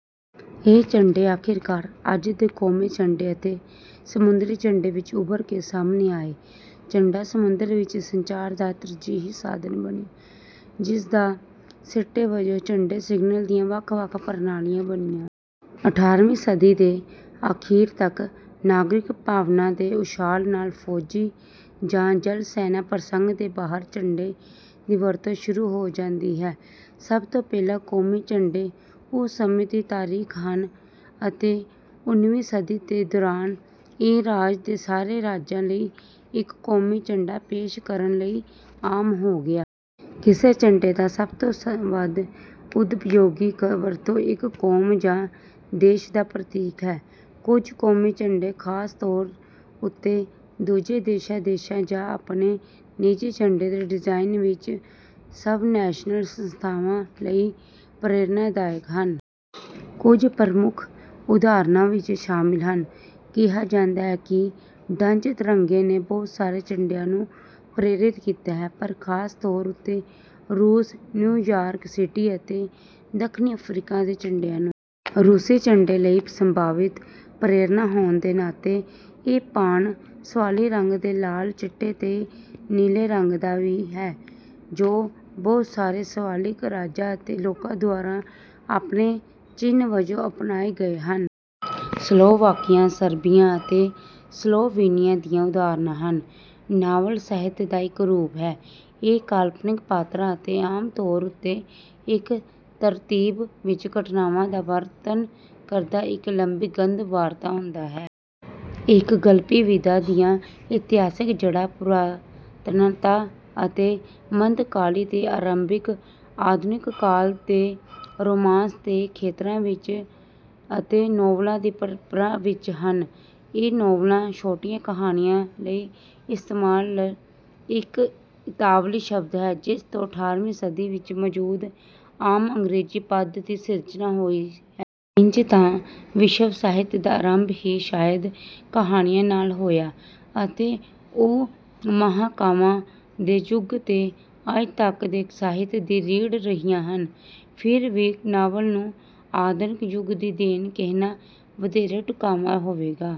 ਇਹ ਝੰਡੇ ਆਖਿਰਕਾਰ ਅੱਜ ਦੇ ਕੌਮੀ ਝੰਡੇ ਅਤੇ ਸਮੁੰਦਰੀ ਝੰਡੇ ਵਿੱਚ ਉੱਭਰ ਕੇ ਸਾਹਮਣੇ ਆਏ। ਝੰਡਾ ਸਮੁੰਦਰ ਵਿੱਚ ਸੰਚਾਰ ਦਾ ਤਰਜੀਹੀ ਸਾਧਨ ਬਣਿਆ ਜਿਸਦਾ ਸਿੱਟੇ ਵਜੋਂ ਝੰਡੇ ਸਿਗਨਲ ਦੀਆਂ ਵੱਖ ਵੱਖ ਪ੍ਰਣਾਲੀਆਂ ਬਣਿਆ। ਅਠਾਰਵੀਂ ਸਦੀ ਦੇ ਅਖੀਰ ਤੱਕ ਨਾਗਰਿਕ ਭਾਵਨਾ ਦੇ ਉਛਾਲ ਨਾਲ ਫੌਜੀ ਜਾਂ ਜਲ ਸੈਨਾ ਪ੍ਰਸੰਗ ਦੇ ਬਾਹਰ ਝੰਡੇ ਦੀ ਵਰਤੋਂ ਸ਼ੁਰੂ ਹੋ ਜਾਂਦੀ ਹੈ। ਸਭ ਤੋਂ ਪਹਿਲਾਂ ਕੌਮੀ ਝੰਡੇ ਉਸ ਸਮੇਂ ਦੀ ਤਾਰੀਖ ਹਨ ਅਤੇ ਓਨਵੀਂ ਸਦੀ ਦੇ ਦੌਰਾਨ ਇਹ ਰਾਜ ਦੇ ਸਾਰੇ ਰਾਜਾਂ ਲਈ ਇੱਕ ਕੌਮੀ ਝੰਡਾ ਪੇਸ਼ ਕਰਨ ਲਈ ਆਮ ਹੋ ਗਿਆ। ਕਿਸੇ ਝੰਡੇ ਦਾ ਸਭ ਤੋਂ ਵੱਧ ਉਪਯੋਗੀ ਵਰਤੋਂ ਇੱਕ ਕੌਮ ਜਾਂ ਦੇਸ਼ ਦਾ ਪ੍ਰਤੀਕ ਹੈ। ਕੁਝ ਕੌਮੀ ਝੰਡੇ ਖਾਸ ਤੌਰ ਉੱਤੇ ਦੂਜੇ ਦੇਸ਼ਾਂ ਦੇਸ਼ਾਂ ਜਾਂ ਆਪਣੇ ਨਿੱਜੀ ਝੰਡੇ ਦੇ ਡਿਜ਼ਾਇਨ ਵਿੱਚ ਸਬਨੈਸ਼ਨਲ ਸੰਸਥਾਵਾਂ ਲਈ ਪ੍ਰੇਰਨਾਦਾਇਕ ਹਨ। ਕੁਝ ਪ੍ਰਮੁੱਖ ਉਦਾਹਰਨਾਂ ਵਿੱਚ ਸ਼ਾਮਲ ਹਨ। ਕਿਹਾ ਜਾਂਦਾ ਹੈ ਕਿ ਡੱਚ ਤਿਰੰਗੇ ਨੇ ਬਹੁਤ ਸਾਰੇ ਝੰਡਿਆਂ ਨੂੰ ਪ੍ਰੇਰਿਤ ਕੀਤਾ ਹੈ ਪਰ ਖਾਸ ਤੌਰ ਉੱਤੇ ਰੂਸ ਨਿਊਯਾਰਕ ਸਿਟੀ ਅਤੇ ਦੱਖਣੀ ਅਫਰੀਕਾ ਦੇ ਝੰਡਿਆਂ ਨੂੰ। ਰੂਸੀ ਝੰਡੇ ਲਈ ਸੰਭਾਵਿਤ ਪ੍ਰੇਰਨਾ ਹੋਣ ਦੇ ਨਾਤੇ ਇਹ ਪਾਨ ਸਲਾਵੀ ਰੰਗ ਦੇ ਲਾਲ ਚਿੱਟੇ ਤੇ ਨੀਲੇ ਰੰਗ ਦਾ ਵੀ ਹੈ ਜੋ ਬਹੁਤ ਸਾਰੇ ਸਲਾਵਿਕ ਰਾਜਾਂ ਅਤੇ ਲੋਕਾਂ ਦੁਆਰਾ ਆਪਣੇ ਚਿੰਨ੍ਹ ਵਜੋਂ ਅਪਣਾਏ ਗਏ ਹਨ। ਸਲੋਵਾਕੀਆ ਸਰਬੀਆ ਅਤੇ ਸਲੋਵੀਨੀਆ ਦੀਆਂ ਉਦਾਹਰਣਾਂ ਹਨ। ਨਾਵਲ ਸਾਹਿਤ ਦਾ ਇੱਕ ਰੂਪ ਹੈ। ਇਹ ਕਾਲਪਨਿਕ ਪਾਤਰਾਂ ਅਤੇ ਆਮ ਤੌਰ ਉੱਤੇ ਇੱਕ ਤਰਤੀਬ ਵਿੱਚ ਘਟਨਾਵਾਂ ਦਾ ਵਰਣਨ ਕਰਦਾ ਇੱਕ ਲੰਬੀ ਗਦ ਵਾਰਤਾ ਹੁੰਦਾ ਹੈ। ਇਸ ਗਲਪੀ ਵਿਧਾ ਦੀਆਂ ਇਤਿਹਾਸਕ ਜੜਾਂ ਪੁਰਾਤਨਤਾ ਅਤੇ ਮਧਕਾਲੀ ਤੇ ਆਰੰਭਿਕ ਆਧੁਨਿਕ ਕਾਲ ਦੇ ਰੋਮਾਂਸ ਦੇ ਖੇਤਰਾਂ ਵਿੱਚ ਅਤੇ ਨੋਵਲਾ ਦੀ ਪਰੰਪਰਾ ਵਿੱਚ ਹਨ। ਇਹ ਨੋਵਲਾ ਛੋਟੀਆਂ ਕਹਾਣੀਆਂ ਲਈ ਇਸਤੇਮਾਲ ਇੱਕ ਇਤਾਲਵੀ ਸ਼ਬਦ ਹੈ ਜਿਸ ਤੋਂ ਅਠਾਰਵੀਂ ਸਦੀ ਵਿੱਚ ਮੌਜੂਦ ਆਮ ਅੰਗਰੇਜ਼ੀ ਪਦ ਦੀ ਸਿਰਜਣਾ ਹੋਈ ਹੈ। ਇੰਜ ਤਾਂ ਵਿਸ਼ਵ ਸਾਹਿਤ ਦਾ ਅਰੰਭ ਹੀ ਸ਼ਾਇਦ ਕਹਾਣੀਆਂ ਨਾਲ ਹੋਇਆ ਅਤੇ ਉਹ ਮਹਾਂਕਾਵਾਂ ਦੇ ਯੁੱਗ ਤੋਂ ਅੱਜ ਤੱਕ ਦੇ ਸਾਹਿਤ ਦੀ ਰੀੜ ਰਹੀਆਂ ਹਨ ਫਿਰ ਵੀ ਨਾਵਲ ਨੂੰ ਆਧੁਨਿਕ ਯੁੱਗ ਦੀ ਦੇਣ ਕਹਿਣਾ ਵਧੇਰੇ ਢੁਕਾਵਾਂ ਹੋਵੇਗਾ।